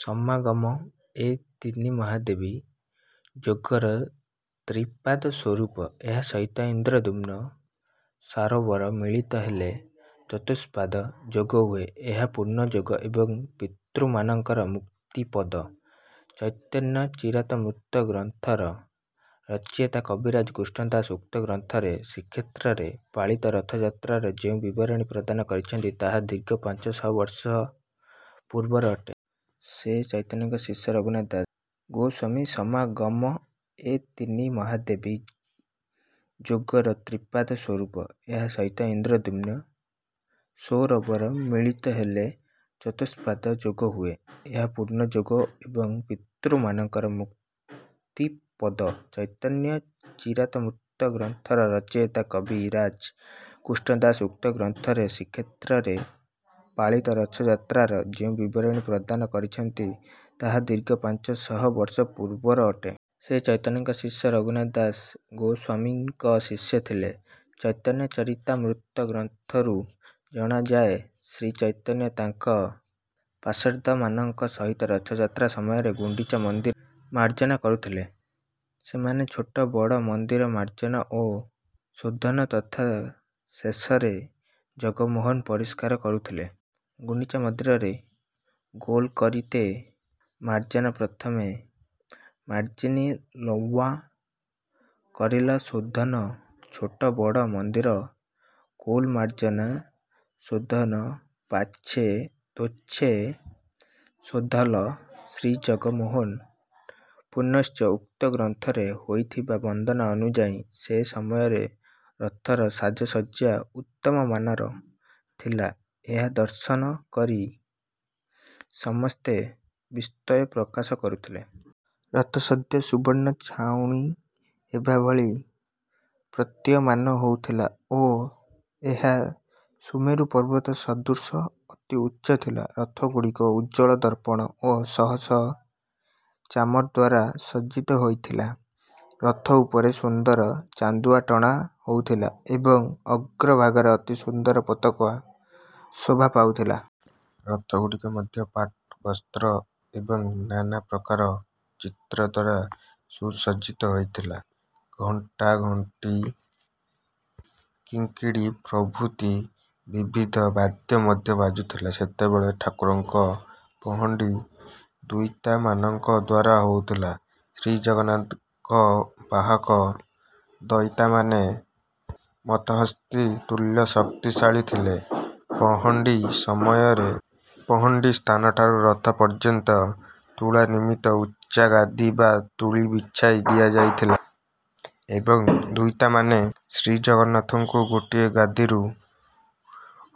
ସମାଗମ ଏ ତିନି ମହାବେଦୀ ଯୋଗର ତ୍ରିପାଦ ସ୍ୱରୂପ। ଏହା ସହିତ ଇନ୍ଦ୍ରଦ୍ୟୁମ୍ନ ସରୋବର ମିଳିତ ହେଲେ ଚତୁସ୍ପାଦ ଯୋଗ ହୁଏ। ଏହା ପୂର୍ଣ୍ଣଯୋଗ ଏବଂ ପିତୃମାନଙ୍କର ମୁକ୍ତିପଦ। ଚୈତନ୍ୟ ଚରିତାମୃତ ଗ୍ରନ୍ଥର ରଚୟିତା କବିରାଜ କୃଷ୍ଣଦାସ ଉକ୍ତ ଗ୍ରନ୍ଥରେ ଶ୍ରୀକ୍ଷେତ୍ରରେ ପାଳିତ ରଥଯାତ୍ରାର ଯେଉଁ ବିବରଣୀ ପ୍ରଦାନ କରିଛନ୍ତି, ତାହା ଦୀର୍ଘ ପାଞ୍ଚ ଶହ ବର୍ଷ ପୂର୍ବର ଅଟେ। ସେ ଚୈତନ୍ୟଙ୍କ ଶିଷ୍ୟ ରଘୁନାଥ ଦାସ ଗୋସ୍ୱାମୀସମାଗମ ଏ ତିନି ମହାବେଦୀ ଯୋଗର ତ୍ରିପାଦ ସ୍ୱରୂପ। ଏହା ସହିତ ଇନ୍ଦ୍ରଦ୍ୟୁମ୍ନ ସ୍ୱରୋବର ମିଳିତ ହେଲେ ଚତୁସ୍ପାଦ ଯୋଗ ହୁଏ। ଏହା ପୂର୍ଣ୍ଣଯୋଗ ଏବଂ ପିତୃମାନଙ୍କର ମୁକ୍ତିପଦ। ଚୈତନ୍ୟ ଚରିତାମୃତ ଗ୍ରନ୍ଥର ରଚୟିତା କବିରାଜ କୃଷ୍ଣଦାସ ଉକ୍ତ ଗ୍ରନ୍ଥରେ ଶ୍ରୀକ୍ଷେତ୍ରରେ ପାଳିତ ରଥଯାତ୍ରାର ଯେଉଁ ବିବରଣୀ ପ୍ରଦାନ କରିଛନ୍ତି, ତାହା ଦୀର୍ଘ ପାଞ୍ଚ ଶହ ବର୍ଷ ପୂର୍ବର ଅଟେ। ସେ ଚୈତନ୍ୟଙ୍କ ଶିଷ୍ୟ ରଘୁନାଥ ଦାସ ଗୋସ୍ୱାମୀଙ୍କ ଶିଷ୍ୟ ଥିଲେ। ଚୈତନ୍ୟ ଚରିତାମୃତ ଗ୍ରନ୍ଥରୁ ଜଣାଯାଏ, ଶ୍ରୀଚୈତନ୍ୟ ତାଙ୍କ ପାର୍ଷଦମାନଙ୍କ ସହିତ ରଥଯାତ୍ରା ସମୟରେ ଗୁଣ୍ଡିଚା ମନ୍ଦିର ମାର୍ଜନା କରୁଥିଲେ। ସେମାନେ ଛୋଟ ବଡ଼ ମନ୍ଦିର ମାର୍ଜନା ଓ ଶୋଧନ ତଥା ଶେଷରେ ଜଗମୋହନ ପରିଷ୍କାର କରୁଥିଲେ। ଗୁଣ୍ଡିଚାମନ୍ଦିରରେ ଗେଲ କରିତେ ମାର୍ଜନା ପ୍ରଥମେ ମାର୍ଜନୀ ଲୱା କରିଲ ଶୋଧନ। ଛୋଟ ବଡ଼ ମନ୍ଦିର କୈଲ ମାର୍ଜନା ଶୋଧନ। ପାଛେ ତୈଛେ ଶୋଧିଲ ଶ୍ରୀଜଗମୋହନ। ପୁନଶ୍ଚ ଉକ୍ତ ଗ୍ରନ୍ଥରେ ହୋଇଥିବା ବର୍ଣ୍ଣନା ଅନୁଯାୟୀ, ସେ ସମୟରେ ରଥର ସାଜସଜ୍ଜା ଉତ୍ତମମାନର ଥିଲା। ଏହା ଦର୍ଶନ କରି ସମସ୍ତେ ବିସ୍ମୟ ପ୍ରକାଶ କରୁଥିଲେ। ରଥ ସଦ୍ୟ ସୁବର୍ଣ୍ଣ ଛାଉଣୀ ହେବା ଭଳି ପ୍ରତୀୟମାନ ହେଉଥିଲା ଓ ଏହା ସୁମେରୁ ପର୍ବତ ସଦୃଶ ଅତି ଉଚ୍ଚ ଥିଲା। ରଥଗୁଡ଼ିକ ଉଜ୍ଜ୍ୱଳ ଦର୍ପଣ ଓ ଶହ ଶହ ଚାମର ଦ୍ୱାରା ସଜ୍ଜିତ ହେଉଥିଲା। ରଥ ଉପରେ ସୁନ୍ଦର ଚାନ୍ଦୁଆ ଟଣା ହେଉଥିଲା ଏବଂ ଅଗ୍ରଭାଗରେ ଅତି ସୁନ୍ଦର ପତାକା ଶୋଭା ପାଉଥିଲା। ରଥଗୁଡ଼ିକ ମଧ୍ୟ ପାଟବସ୍ତ୍ର ଏବଂ ନାନା ପ୍ରକାର ଚିତ୍ର ଦ୍ୱାରା ସୁସଜ୍ଜିତ ହେଉଥିଲା। ଘଣ୍ଟା, ଘଣ୍ଟି, କିଙ୍କିଣୀ ପ୍ରଭୃତି ବିବିଧ ବାଦ୍ୟ ମଧ୍ୟ ବାଜୁଥିଲା। ସେତେବେଳେ ଠାକୁରମାନଙ୍କ ପହଣ୍ଡି ଦଇତାମାନଙ୍କ ଦ୍ୱାରା ହେଉଥିଲା। ଶ୍ରୀଜଗନ୍ନାଥଙ୍କ ବାହକ ଦଇତାମାନେ ମତ୍ତହସ୍ତୀ ତୁଲ୍ୟ ଶକ୍ତିଶାଳୀ ଥିଲେ। ପହଣ୍ଡି ସମୟରେ ପହଣ୍ଡି ସ୍ଥାନଠାରୁ ରଥ ପର୍ଯ୍ୟନ୍ତ ତୁଳା ନିର୍ମିତ ଉଚ୍ଚା ଗାଦି ବା ତୁଳୀ ବିଛାଇ ଦିଆଯାଉଥିଲା ଏବଂ ଦୁଇତାମାନେ ଶ୍ରୀଜଗନ୍ନାଥଙ୍କୁ ଗୋଟିଏ ଗଦିରୁ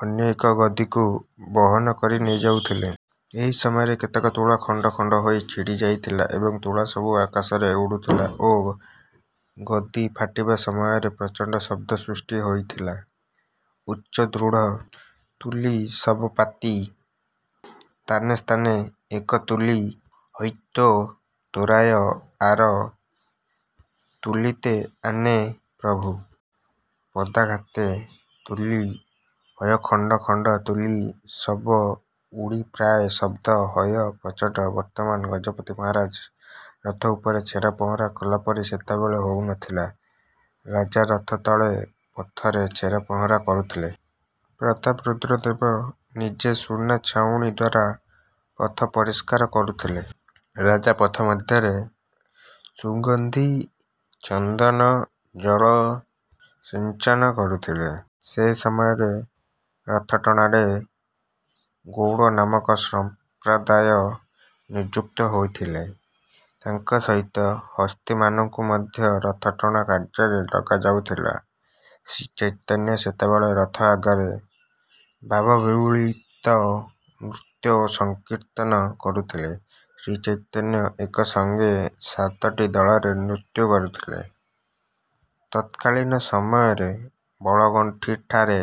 ଅନ୍ୟ ଏକ ଗଦିକୁ ବହନ କରି ନେଇଯାଉଥିଲେ। ଏହି ସମୟରେ କେତେକ ତୁଳା ଖଣ୍ଡ ଖଣ୍ଡ ହୋଇ ଛିଡ଼ି ଯାଉଥିଲା ଏବଂ ତୁଳା ସବୁ ଆକାଶରେ ଉଡ଼ୁଥିଲା ଓ ଗଦି ଫାଟିବା ସମୟରେ ପ୍ରଚଣ୍ଡ ଶବ୍ଦ ସୃଷ୍ଟି ହେଉଥିଲା। ଉଚ୍ଚ ଦୃଢ଼ ତୁଲୀ ସବ ପାତି ସ୍ଥାନେସ୍ଥାନେ। ଏକ ତୁଲୀ ହୈତେ ତ୍ୱରାୟ ଆର ତୁଲୀତେ ଆନେ। ପ୍ରଭୁ ପଦାଘାତେ ତୁଲୀ ହୟ ଖଣ୍ଡ ଖଣ୍ଡ। ତୁଲୀ ସବ ଉଡ଼ି ଯାୟ ଶବ୍ଦ ହୟ ପ୍ରଚଣ୍ଡ। ବର୍ତ୍ତମାନ ଗଜପତି ମହାରାଜ ରଥ ଉପରେ ଛେରାପହଁରା କଲା ପରି ସେତେବେଳେ ହେଉନଥିଲା। ରାଜା ରଥ ତଳେ ପଥରେ ଛେରାପହଁରା କରୁଥିଲେ। ପ୍ରତାପରୁଦ୍ର ଦେବ ନିଜେ ସୁନା ଛାଉଣୀ ଦ୍ୱାରା ପଥ ପରିଷ୍କାର କରୁଥିଲେ, ରାଜା ପଥ ମଧ୍ୟରେ ସୁଗନ୍ଧି ଚନ୍ଦନ ଜଳ ସିଞ୍ଚନ କରୁଥିଲେ। ସେ ସମୟରେ ରଥଟଣାରେ ଗୌଡ଼ ନାମକ ସମ୍ପ୍ରଦାୟ ନିଯୁକ୍ତ ହେଉଥିଲେ। ତାଙ୍କ ସହିତ ହସ୍ତୀମାନଙ୍କୁ ମଧ୍ୟ ରଥଟଣା କାର୍ଯ୍ୟରେ ଲଗାଯାଉଥିଲା ଶ୍ରୀଚୈତନ୍ୟ ସେତେବେଳେ ରଥ ଆଗରେ ଭାବବିହ୍ୱଳିତ ନୃତ୍ୟ ଓ ସଂକୀର୍ତ୍ତନ କରୁଥିଲେ। ଶ୍ରୀଚୈତନ୍ୟ ଏକସଙ୍ଗେ ସାତଟି ଦଳରେ ନୃତ୍ୟ କରୁଥିଲେ। ତତ୍କାଳୀନ ସମୟରେ ବଳଗଣ୍ଡିଠାରେ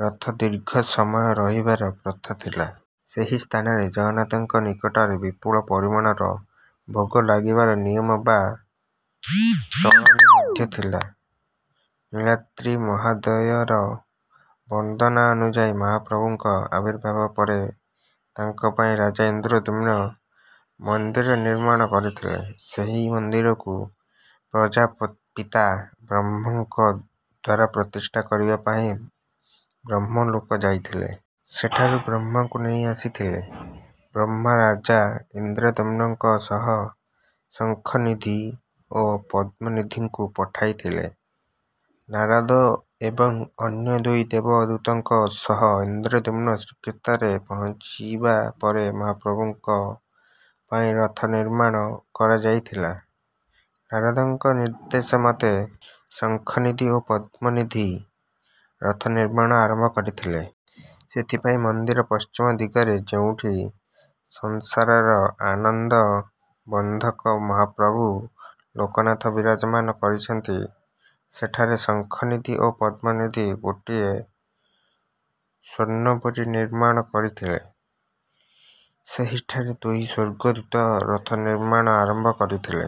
ରଥ ଦୀର୍ଘ ସମୟ ରହିବାର ପ୍ରଥା ଥିଲା। ସେହି ସ୍ଥାନରେ ଜଗନ୍ନାଥଙ୍କ ନିକଟରେ ବିପୁଳ ପରିମାଣର ଭୋଗ ଲାଗିବାର ନିୟମ ବା ଚଳଣି ମଧ୍ୟ ଥିଲା। ନୀଳାଦ୍ରି ମହୋଦୟର ବର୍ଣ୍ଣନା ଅନୁଯାୟୀ ମହାପ୍ରଭୁଙ୍କ ଆବିର୍ଭାବ ପରେ ତାଙ୍କ ପାଇଁ ରାଜା ଇନ୍ଦ୍ରଦ୍ୟୁମ୍ନ ମନ୍ଦିର ନିର୍ମାଣ କରିଥିଲେ। ସେହି ମନ୍ଦିରକୁ ପ୍ରଜାପିତା ବ୍ରହ୍ମାଙ୍କ ଦ୍ୱାରା ପ୍ରତିଷ୍ଠା କରିବା ପାଇଁ ବ୍ରହ୍ମଲୋକ ଯାଇଥିଲେ। ସେଠାରୁ ବ୍ରହ୍ମାଙ୍କୁ ନେଇ ଆସିଥିଲେ। ବ୍ରହ୍ମା ରାଜା ଇନ୍ଦ୍ରଦ୍ୟୁମ୍ନଙ୍କ ସହ ଶଙ୍ଖନିଧି ଓ ପଦ୍ମନିଧିଙ୍କୁ ପଠାଇଥିଲେ। ନାରଦ ଏବଂ ଅନ୍ୟ ଦୁଇ ଦେବଦୂତଙ୍କ ସହ ଇନ୍ଦ୍ରଦ୍ୟୁମ୍ନ ଶ୍ରୀକ୍ଷେତ୍ରରେ ପହଞ୍ଚିବା ପରେ ମହାପ୍ରଭୁଙ୍କ ପାଇଁ ରଥ ନିର୍ମାଣ କରାଯାଇଥିଲା। ନାରଦଙ୍କ ନିର୍ଦ୍ଦେଶ ମତେ ଶଙ୍ଖନିଧି ଓ ପଦ୍ମନିଧି ରଥ ନିର୍ମାଣ ଆରମ୍ଭ କରିଥିଲେ। ସେଥିପାଇଁ ମନ୍ଦିର ପଶ୍ଚିମ ଦିଗରେ, ଯେଉଁଠି ସଂସାରର ଆନନ୍ଦବର୍ଦ୍ଧକ ମହାପ୍ରଭୁ ଲୋକନାଥ ବିରାଜମାନ କରିଛନ୍ତି, ସେଠାରେ ଶଙ୍ଖନିଧି ଓ ପଦ୍ମନିଧି ଗୋଟିଏ ସ୍ୱର୍ଣ୍ଣପୁରୀ ନିର୍ମାଣ କରିଥିଲେ। ସେହିଠାରେ ଦୁଇ ସ୍ୱର୍ଗଦୂତ ରଥ ନିର୍ମାଣ ଆରମ୍ଭ କରିଥିଲେ।